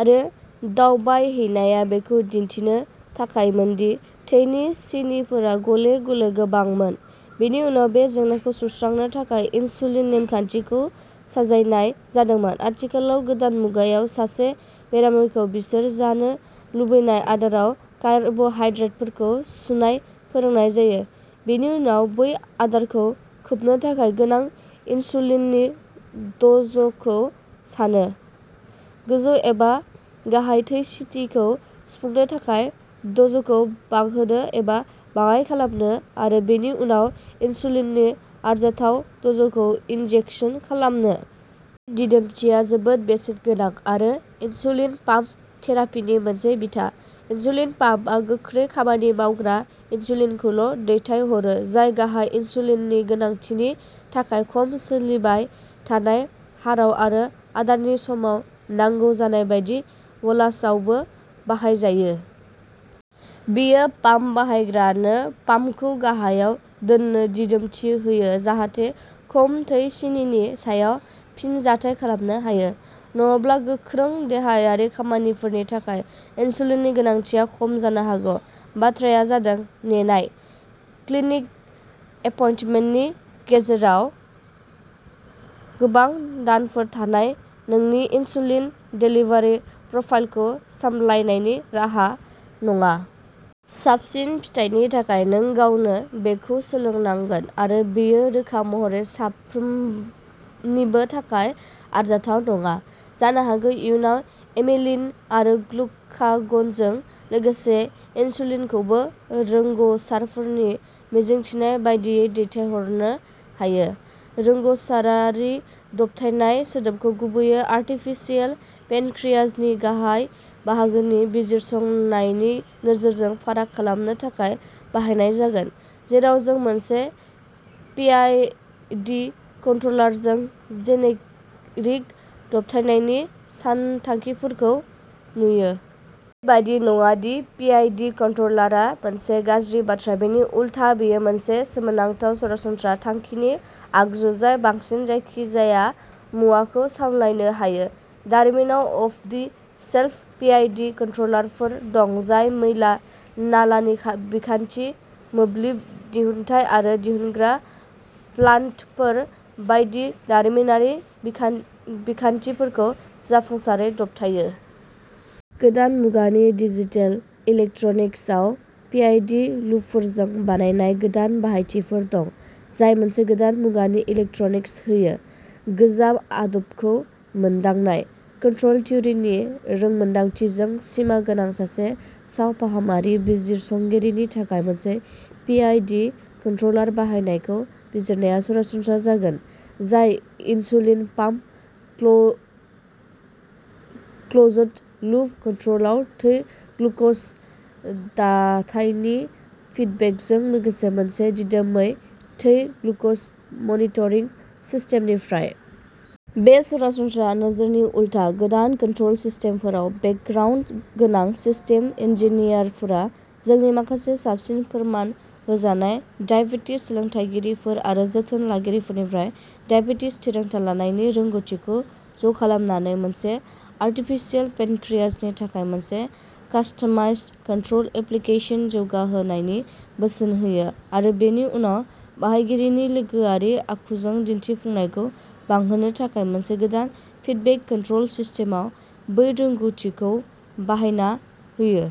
आरो। दावबायहैनाया बेखौ दिन्थिनो थाखायमोनदि थैनि सिनिफोरा गले गले गोबांमोन, बेनि उनाव बे जेंनाखौ सुस्रांनो थाखाय इनसुलिन नेमखानथिखौ साजायनाय जादोंमोन। आथिखालाव गोदान मुगायाव, सासे बेरामिखौ बिसोर जानो लुबैनाय आदाराव कार्बहाइड्रेटफोरखौ सुनाय फोरोंनाय जायो, बेनि उनाव बै आदारखौ खोबनो थाखाय गोनां इनसुलिननि द'जखौ सान्नो, गोजौ एबा गाहाय थै सिनिखौ सुफुंनो थाखाय द'जखौ बांहोनो एबा बाङाइ खालामनो, आरो बेनि उनाव इनसुलिननि आरजाथाव द'जखौ इनजेकसन खालामनो। बे दिदोमथिया जोबोद बेसेनगोनां, आरो इनसुलिन पाम्प थेरापिनि मोनसे बिथा। इनसुलिन पाम्पआ गोख्रै खामानि मावग्रा इनसुलिनखौल'दैथायहरो, जाय गाहाय इनसुलिननि गोनांथिनि थाखाय खम सोलिबाय थानाय हाराव आरो आदारनि समाव नांगौ जानाय बायदि बलासआवबो बाहायजायो। बेयो पाम्प बाहायग्रानो पाम्पखौ गाहायाव दोननो दिदोमथि होयो जाहाथे खम थै सिनिनि सायाव फिनजाथाय खालामनो हायो, नङाब्ला गोख्रों देहायारि खामानिफोरनि थाखाय इनसुलिननि गोनांथिया खम जानो हागौ। बाथ्राआ जादोंः नेनाय। क्लिनिक एपइन्टमेन्टनि गेजेराव गोबां दानफोर थानाया नोंनि इनसुलिन देलिभारि प्रफाइलखौ सामलायनायनि राहा नङा। साबसिन फिथायनि थाखाय नों गावनो बेखौ सोलोंनांगोन, आरो बेयो रोखा महरै साफ्रोमनिबो थाखाय आरजाथाव नङा। जानो हागौ इयुनाव, एमिलिन आरो ग्लुकागनजों लोगोसे इनसुलिनखौबो रोंग'सारफोरनि मिजिंथिनाय बायदियै दैथायहरनो हायो। रोंग'सारारि दबथायनाय सोदोबखौ गुबैयै आर्टिफिसियेल पेनक्रियाजनि गाहाय बाहागोनि बिजिरसंनायनि नोजोरजों फाराग खालामनो थाखायबो बाहायनाय जागोन, जेराव जों मोनसे पिआइडि कन्ट्र'लारजों जेनेरिक दबथायनायनि सानथांखिफोरखौ नुयो। बेबादि नङा दि पिआइडि कन्ट्र'लारआ मोनसे गाज्रि बाथ्रा-- बेनि उलथा बेयो मोनसे सोमोनांथाव सरासनस्रा थांखिनि आगजु जाय बांसिन जायखिजाया मुवाखौ सामलायनो हायो। दारिमिनाव अफ-दि-शेल्फ पिआइडि कन्ट्र'लारफोर दं जाय मैला-नालानि बिखान्थि, मोब्लिब दिहुन्थाय आरो दिहुनग्रा प्लान्टफोर बायदि दारिमिनारि बिखान्थिफोरखौ जाफुंसारै दबथायो। गोदान मुगानि डिजिटेल इलेक्ट्रनिक्सआव पिआइडि लुपफोरजों बानायनाय गोदान बाहायथिफोर दं, जाय मोनसे गोदान मुगानि इलेक्ट्रनिक्स होयो। गोजाम आदबखौ मोनदांनाय। कन्ट्रल थिउरिनि रोंमोन्दांथिजों सिमा गोनां सासे सावफाहामारि बिजिरसंगिरिनि थाखाय मोनसे पिआइडि कन्ट्र'लार बाहायनायखौ बिजिरनाया सरासनस्रा जागोन, जाय इनसुलिन पाम्पनि क्लोज्ड-लुप कन्ट्र'लआव थै ग्लुक'ज डाटानि फिडबेकजों लोगोसे मोनसे दिदोमै थै ग्लुक'ज मनिटरिं सिस्टेमनिफ्राय। बे सरासनस्रा नोजोरनि उल्था, गोदान कन्ट्रल सिस्टेमफोराव बेकग्राउन्ड गोनां सिस्टेम इन्जिनियारफोरा जोंनि माखासे साबसिन फोरमान होजानाय डायबेटिस सोलोंथायगिरिफोर आरो जोथोन लागिरिफोरनिफ्राय डायबेटिस थिरांथा लानायनि रोंग'थिखौ ज'खालामनानै मोनसे आरटिफिसियेल पेनक्रियाजनि थाखाय मोनसे कास्टमाइज्ड कन्ट्रल एप्लिकेशन जौगाहोनायनि बोसोन होयो आरो बेनि उनाव बाहायगिरिनि लोगोआरि आखुजों दिन्थिफुंनायखौ बांहोनो थाखाय मोनसे गोदान फिडबेक कन्ट्रल सिस्टेमाव बै रोंग'थिखौ बाहायना होयो।